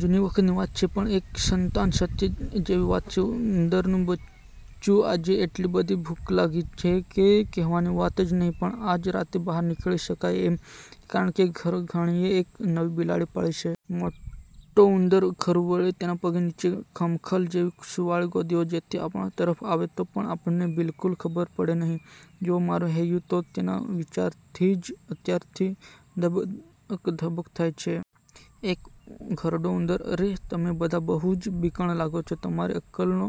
જૂના વખતની વાત છે પણ તે એક સનતાન સત્ય જેવી વાત છે. ઉંદરનું બચ્ચું – આજે એટલી બધી ભૂખ લાગી છે, કે કહેવાની વાત જ નહિ; પણ આજ રાતે બહાર નીકળી શકાય એમ નથી, કારણ કે ઘરધણીએ એક નવી બિલાડી પાળી છે. મોટો ઉંદર – ખરું; વળી તેના પગ નીચે ખમખલ જેવી સુંવાળી ગાદીઓ છે, તેથી આપણા તરફ આવે તો પણ આપણને બિલકુલ ખબર પડે નહિ. જુઓને, મારું હૈયું તો તેના વિચારથી જ અત્યારથી ધબક ધબક થાય છે! એક ઘરડો ઉંદર – અરે! તમે બધા બહુ જ બીકણ લાગો છો. તમારી અક્કલનો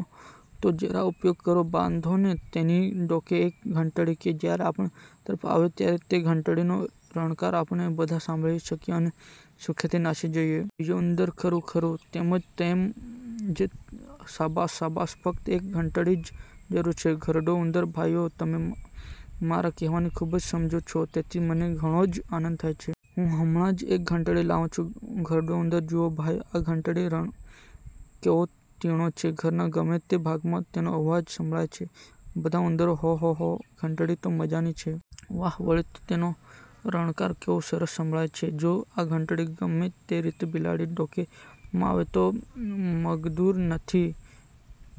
તો જરા ઉપયોગ કરો. બાંધોને તેની ડોકે એક ઘંટડી, કે જ્યારે આપણા તરફ આવે, ત્યારે તે ઘંટડીનો રણકો આપણે બધા સાંભળી શકીએ, અને સુખેથી નાસી જઈએ! બીજા ઉંદરો – ખરું, ખરું, તેમ જ તેમ જ; શાબાશ! શાબાશ! ફક્ત એક ઘંટડી જ જરૂર છે. ઘરડો ઉંદર – ભાઈઓ, તમે મારા કહેવાની ખૂબી સમજો છો તેથી મને ઘણો જ આનંદ થાય છે. હું હમણાં જ એક ઘંટડી લાવું છું. ઘરડો ઉંદર – જુઓ, ભાઈઓ, આ ઘંટડીનો રણકો કેવો તીણો છે! ઘરના ગમે તે ભાગમાં તેનો અવાજ સંભળાય છે. બધા ઉંદરો – હો! હો! હો! ઘંટડી તો મજાની છે. વાહ! વળી તેનો રણકાર કેવો સરસ સંભળાય છે! જો આ ઘંટડી ગમે તે રીતે બિલાડીની ડોકે માં આવે તો મગદૂર નથી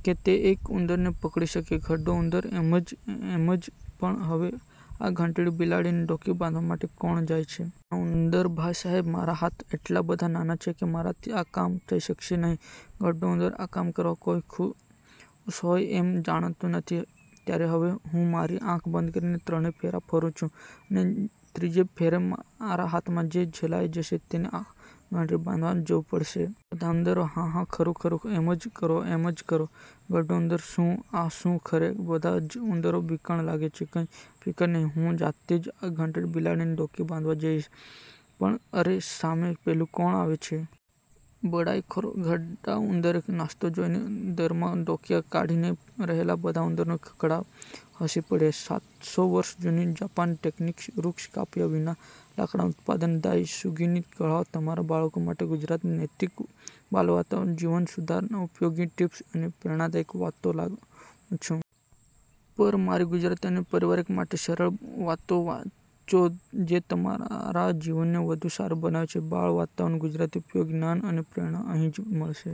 કે તે એક ઉંદરને પકડી શકે! ઘરડો ઉંદર – એમ જ, એમ જ; પણ હવે આ ઘંટડી બિલાડીની ડોકે બાંધવા માટે કોણ જાય છે? નાનો ઉંદર – ભાઈ સાહેબ, મારા હાથ એટલા બધા નાના છે, કે મારાથી આ કામ થઈ શકશે નહિ. ઘરડો ઉંદર – આ કામ કરવા કોઈ ખુશ હોય એમ જાણાતું નથી. ત્યારે હવે હું મારી આંખ બંધ કરી ત્રણ ફેરા ફરું છું, અને ત્રીજે ફેરે મારા હાથમાં જે ઝલાઈ જશે તેને આ ઘંટડી બાંધવા જવું પડશે. બધા ઉંદરો – હા, હા, ખરું ખરું, એમ જ કરો; એમ જ કરો. ઘરડો ઉંદર – શું! આ શું! ખરે! બધા જ ઉંદરો બીકણ લાગે છે! કંઈ ફિકર નહિ, હું જાતે જ આ ઘંટડી બિલાડીની ડોકે બાંધવા જઈશ; પણ અરે સામે પેલું કોણ આવે છે? બડાઈખોર ઘરડા ઉંદરને નાસતો જોઈને દરમાંથી ડોકીયાં કાઢી રહેલા બધા ઉંદરો ખડખડાટ હસી પડ્યા. સાતસો વર્ષ જૂની જાપાની ટેકનિક: વૃક્ષ કાપ્યા વિના લાકડાનું ઉત્પાદન – દાયસુગીની કળા તમારા બાળકો માટે ગુજરાતીમાં નૈતિક બાલ વાર્તાઓ, જીવન સુધારનારા ઉપયોગી ટિપ્સ અને પ્રેરણાદાયી વાતો લાવું છું! પર મારી ગુજરાતી, અને પરિવાર માટેની સરળ વાતો વાંચો, જે તમારા જીવનને વધુ સારું બનાવે. બાળ વાર્તાઓ ગુજરાતી, ઉપયોગી જ્ઞાન અને પ્રેરણા અહીં જ મળશે.